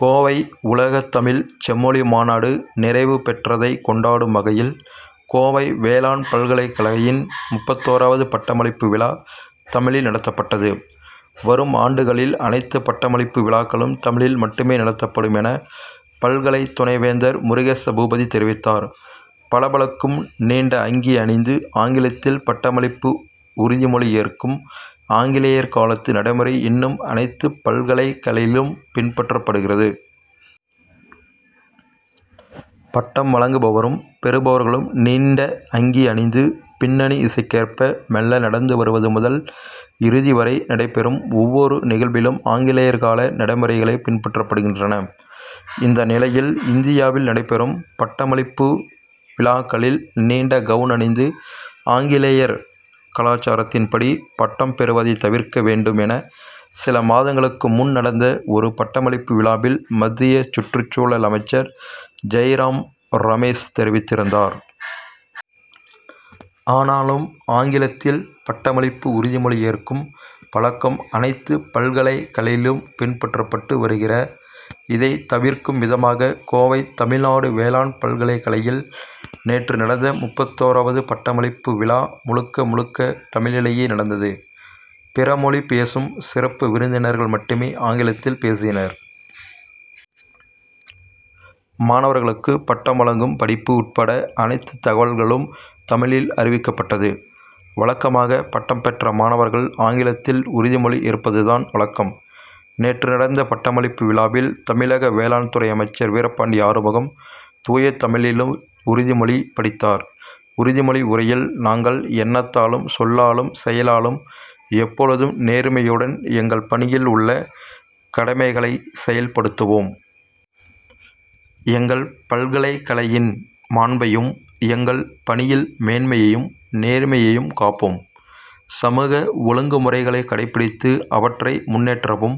கோவை உலகத் தமிழ்ச் செம்மொழி மாநாடு நிறைவு பெற்றதை கொண்டாடும் வகையில், கோவை வேளாண் பல்கலையின் முப்பத்தோரவது பட்டமளிப்பு விழா தமிழில் நடத்தப்பட்டது. வரும் ஆண்டுகளில் அனைத்து பட்டமளிப்பு விழாக்களும் தமிழில் மட்டுமே நடத்தப்படும் என, பல்கலை துணைவேந்தர் முருகேசபூபதி தெரிவித்தார். பளபளக்கும் நீண்ட அங்கி அணிந்து ஆங்கிலத்தில் பட்டமளிப்பு உறுதிமொழி ஏற்கும் ஆங்கிலேயர் காலத்து நடைமுறை, இன்னும் அனைத்து பல்கலைகளிலும் பின்பற்றப்படுகிறது. பட்டம் வழங்குபவரும், பெறுபவர்களும் நீண்ட அங்கி அணிந்து பின்னணி இசைக்கேற்ப மெள்ள நடந்து வருவது முதல், இறுதி வரை நடைபெறும் ஒவ்வொரு நிகழ்விலும் ஆங்கிலேயர் கால நடைமுறைகளே பின்பற்றப்படுகின்றன. இந்நிலையில், இந்தியாவில் நடைபெறும் பட்டமளிப்பு விழாக்களில் நீண்ட கவுன் அணிந்து ஆங்கிலேயர் கலாச்சாரத்தின்படி பட்டம் பெறுவதை தவிர்க்க வேண்டும் என, சில மாதங்களுக்கு முன் நடந்த ஒரு பட்டமளிப்பு விழாவில் மத்திய சுற்றுச்சூழல் அமைச்சர் ஜெய்ராம்ரமேஷ் தெரிவித்திருந்தார். ஆனாலும் ஆங்கிலத்தில் பட் டமளிப்பு உறுதிமொழி ஏற் கும் பழக்கம் அனைத்து பல்கலை களிலும் பின்பற்றப்பட்டு வருகிற. இதை தவிர்க்கும் விதமாக, கோவை தமிழ்நாடு வேளாண் பல்கலையில் நேற்று நடந்த முப்பத்தோராவது பட்டமளிப்பு விழா, முழுக்க முழுக்க தமிழிலேயே நடந்தது. பிற மொழி பேசும் சிறப்பு விருந்தினர்கள் மட்டுமே ஆங்கிலத்தில் பேசினர். மாணவர்களுக்கு பட்டம் வழங்கும் படிப்பு உட்பட அனைத்து தகவல்களும் தமிழில் அறிவிக்கப்பட்டது. வழக்கமாக, பட்டம் பெற்ற மாணவர்கள் ஆங்கிலத்தில் உறுதிமொழி ஏற்பதுதான் வழக்கம். நேற்று நடந்த பட்டமளிப்பு விழாவில், தமிழக வேளாண் துறை அமைச்சர் வீரபாண்டி ஆறுமுகம் தூய தமிழில் உறுதி மொழி படித்தார். உறுதிமொழி உரையில் நாங்கள் எண்ணத்தாலும் சொல்லாலும், செயலாலும் எப்பொழுதும் நேர்மையுடன் எங்கள் பணியில் உள்ள கடமைகளைச் செயல்படுத்துவோம். எங்கள் பல்கலையின் மாண்பையும், எங்கள் பணியில் மேன்மையையும், நேர்மையையும் காப்போம். சமூக ஒழுங்குமுறைகளை கடைபிடித்து அவற்றை முன்னேற்றவும்,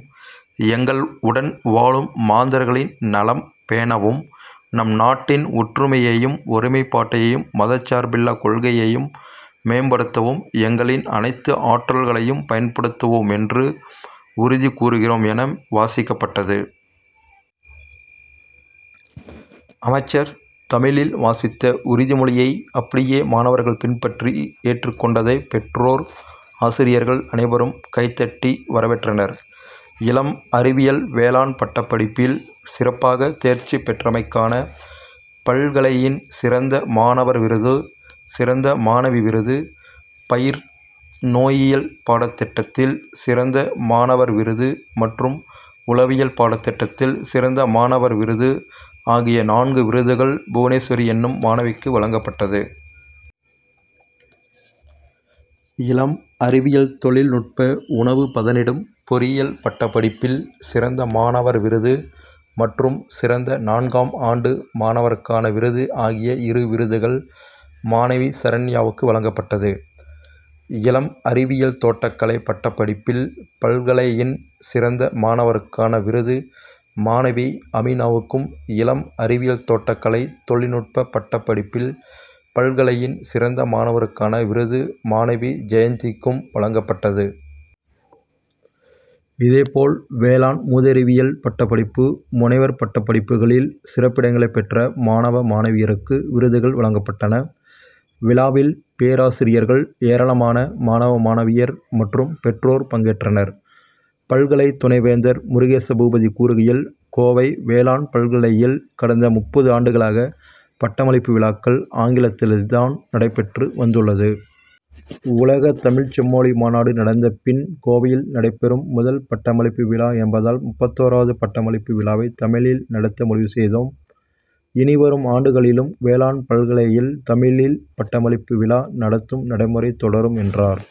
எங்கள் உடன் வாழும் மாந்தர்களின் நலம் பேணவும், நம் நாட்டின் ஒற்றுமையையும், ஒருமைப்பாட்டையும் மதசார்பில்லா கொள்கையையும் மேம்படுத்தவும், எங்களின் அனைத்து ஆற்றல்களையும் பயன்படுத்துவோம் என்றும் உறுதி கூறுகிறோம் என, வாசிக்கப்பட்டது. அமைச்சர் தமிழில் வாசித்த உறுதிமொழியை அப்படியே மாணவர்கள் பின்பற்றி ஏற்றுக் கொண்டதை பெற்றோர், ஆசிரியர்கள் அனைவரும் கைதட்டி வரவேற்றனர். இளம் அறிவியல் வேளாண் பட்டப்படிப்பில் சிறப்பாக தேர்ச்சி பெற்றமைக்கான பல்கலையின் சிறந்த மாணவர் விருது, சிறந்த மாணவி விருது, பயிர் நோயியல் பாடத் திட்டத்தில் சிறந்த மாணவர் விருது மற்றும் உழவியல் பாடத்திட்டத்தில் சிறந்த மாணவர் விருது ஆகிய நான்கு விருதுகள் புவனேஸ்வரி எனும் மாணவிக்கு வழங்கப்பட்டது. இளம் அறிவியல் தொழில் நுட்ப, உணவு பதனிடும் பொறியியல் பட்டப்படிப்பில் சிறந்த மாணவர் விருது மற்றும் சிறந்த நான்காம் ஆண்டு மாணவருக்கான விருது ஆகிய இரு விருதுகள் மாணவி சரண்யாவுக்கு வழங்கப்பட்டது. இளம் அறிவியல் தோட்டக்கலை பட்டப்படிப்பில் பல்கலையின் சிறந்த மாணவருக்கான விருது மாணவி அமீனாவுக்கும், இளம் அறிவியல் தோட்டக்கலை தொழில் நுட்பப் பட்டப் படிப்பில் பல்கலையின் சிறந்த மாணவருக்கான விருது மாணவி ஜெயந்திக்கும் வழங்கப்பட்டது. இதே போல் வேளாண் மூதறிவியல் பட்டப்படிப்பு, முனைவர் பட்டப்படிப்புகளில் சிறப்பிடங்களை பெற்ற மாணவ, மாணவியருக்கு விருதுகள் வழங்கப்பட்டன. விழாவில், பேராசிரியர்கள், ஏராளமான மாணவ, மாணவியர் மற்றும் பெற்றோர் பங்கேற்றனர். பல்கலை துணைவேந்தர் முருகேசபூபதி கூறுகையில், கோவை வேளாண் பல்கலையில் கடந்த முப்பது ஆண்டுகளாக பட்டமளிப்பு விழாக்கள் ஆங்கிலத்தில்தான் நடைபெற்று வந்துள்ளது. உலகத் தமிழ்ச் செம்மொழி மாநாடு நடந்த பின் கோவையில் நடைபெறும் முதல் பட்டமளிப்பு விழா என்பதால், முப்பத்தோராவது பட்டமளிப்பு விழாவை தமிழில் நடத்த முடிவு செய்தோம். இனி வரும் ஆண்டுகளிலும் வேளாண் பல்கலையில் தமிழில் பட்டமளிப்பு விழா நடத்தும் நடைமுறை தொடரும், என்றார்.